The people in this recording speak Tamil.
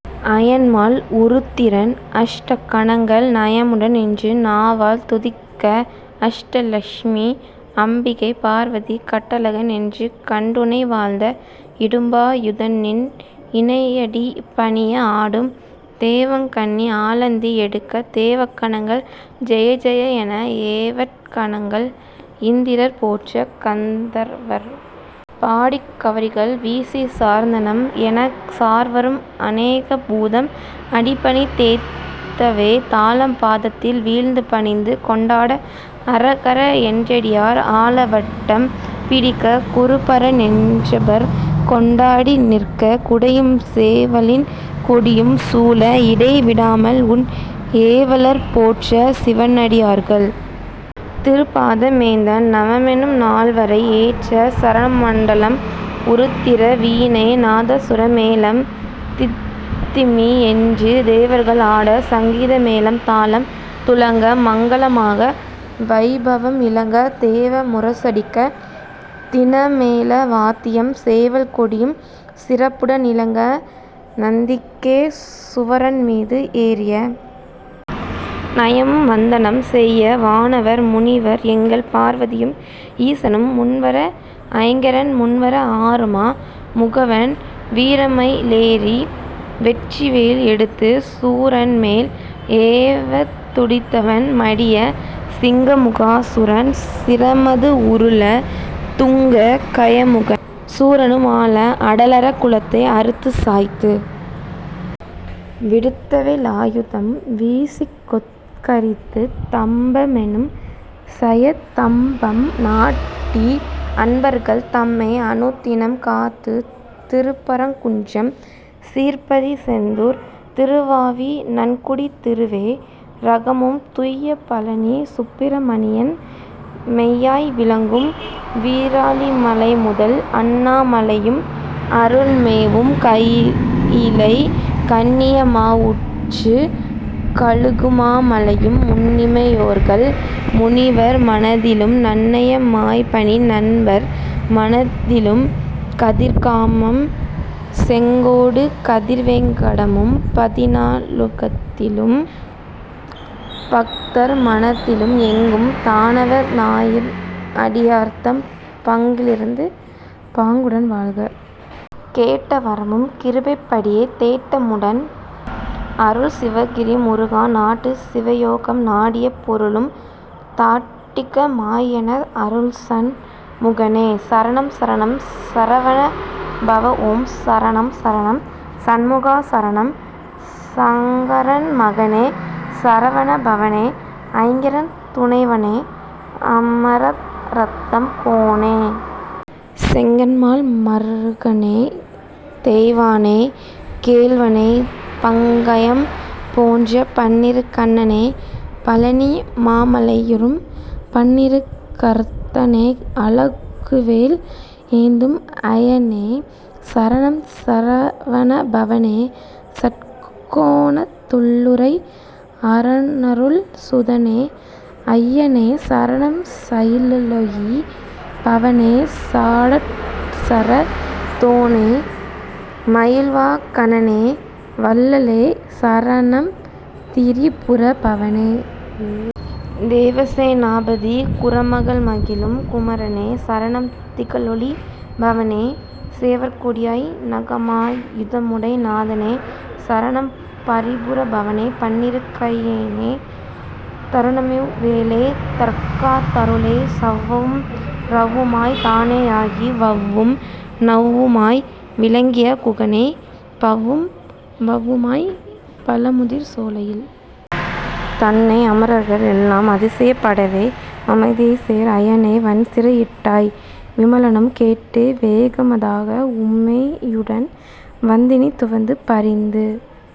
அயன்மால் உருத்திரன் அஷ்ட கணங்கள் நயமுடன் நின்று நாவால் துதிக்க அஷ்ட லஷ்மி அம்பிகை பார்வதி கட்டழகன் என்று கண்டுனை வாழ்த்த இடும்பா யுதன்நின் இணையடி பணிய ஆடும் தேவகன்னி ஆலத்தி எடுக்க தேவ கணங்கள் ஜெயஜெய என்ன ஏவற் கணங்கள் இந்திரர் போற்ற கந்தர்வர் பாடிக் கவரிகள் வீசிச் சார்ந்தனம் என்னச் சார்வரும் அநேக பூதம் அடிபணிந் தேத்தவே தாளம் பாதத்தில் வீழ்ந்து பணிந்து கொண்டாட அரகர என்றடியார் ஆலவட்டம் பிடிக்க குருபரன் என்றன்பர் கொண்டாடி நிற்க குடையும் சேவலின் கொடியும் சூழ இடை விடாமல் உன் ஏவலர் போற்றச் சிவனடியார்கள் திருப்பாத மேந்த நவமெனும் நால்வரை ஏற்ற சரமண்டலம் உருத்திர வீணை நாதசுர மேளம் தித்திமி என்று தேவர்கள் ஆடச் சங்கீத மேளம் தாளம் துலங்க மங்கள மாக வைபவம் இலங்க தேவ முரசடிக்கத் தினமேள வாத்தியம் சேவல் கொடியும் சிறப்புடன் இலங்க நந்திகே சுவரன்மீது ஏறிய நயமும் வந்தனம் செய்ய வானவர் முனிவர் எங்கள் பார்வதியும் ஈசனும் முன்வர ஐங்கரன் முன்வர ஆறுமா முகவன் வீரமயி லேறி வெற்றிவேல் எடுத்துச் சூரன்மேல் ஏவத் துடித்தவன் மடியச் சிங்கமுகா சுரன் சிரமது உருளத் துங்கக் கயமுகன் சூரனும் மாள அடலறக் குலத்தை அறுத்துச் சயித்து விடுத்தவே லாயுதம் வீசிக்கொக் கரித்துத் தம்ப மெனும் சயத் தம்பம் நாட்டி அன்பர்கள் தம்மை அனுதினம் காத்துத் திருப்பரங் குன்றம் சீர்பதி செந்தூர் திருவாவி நன்குடி திருவே ரகமும் துய்ய பழநி சுப்பிர மணியன் மெய்யாய் விளங்கும் விராலிமலைமுதல் அண்ணா மலையும் அருள்மேவும் கயிலை கண்ணிய மாவூற்றுக் கழுகுமா மலையும் முன்னிமை யோர்கள் முனிவர் மனத்திலும் நன்னய மாய்ப்பணி நண்பர் மனத்திலும் கதிர்காமம் செங்கோடு கதிர்வேங் கடமும் பதினா லுகத்திலும் பக்தர் மனத்திலும் எங்கும் தானவ னாயிருந் அடியர்தம் பங்கி லிருந்து பாங்குடன் வாழ்க! கேட்ட வரமும் கிருபைப் படியே தேட்ட முடன் அருள் சிவகிரி முருகா நாட்டு சிவயோகம் நாடிய பொருளும் தாட்டிக மாய்எனக் அருள்சண் முகனே சரணம் சரணம் சரவண பவஓம் சரணம் சரணம் சண்முகா சரணம் சஙகரன் மகனே சரவண பவனே ஐங்கரன் துணைவனே அமரர்தம் கோனே செங்கண்மால் மருகனே தெய்வானை கேள்வனே பங்கயம் போன்ற பன்னிரு கண்ணனே பழநி மாமலையுறும் பன்னிரு கரத்தனே அழகுவேல் ஏந்தும் ஐயனே சரணம் சரவணபவனே சட்கோணத் துள்ளுறை அரனருள் சுதனே அய்யனே சரணம் சயிலொளி பவனே சடாட்சரத் தோனே மயில்வா கனனே வள்ளலே சரணம் திரிபுர பவனே தேவசே னாபதி குறமகள் மகிழும் குமரனே சரணம் திகழொளி பவனே சேவற்கொடியாய் நகமா யுதமுடை நாதனே சரணம் பரிபுர பவனே பன்னிரு கையனே தருணமிவ் வேளை தற்காத் தருளே சவ்வும் ரவ்வுமாய்த் தானே யாகி வவ்வும் ணவ்வுமாய் விளங்கிய குகனே பவ்வும் வவ்வுமாய் பழமுதிர் சோலையில் தன்னை அமரர்கள் எல்லாம் அதிசயப் படவே மமதைசேர் அயனை வன்சிறை யிட்டாய் விமலனும் கேட்டு வேக மதாக உமையுடன் வந்தினி துவந்து பரிந்து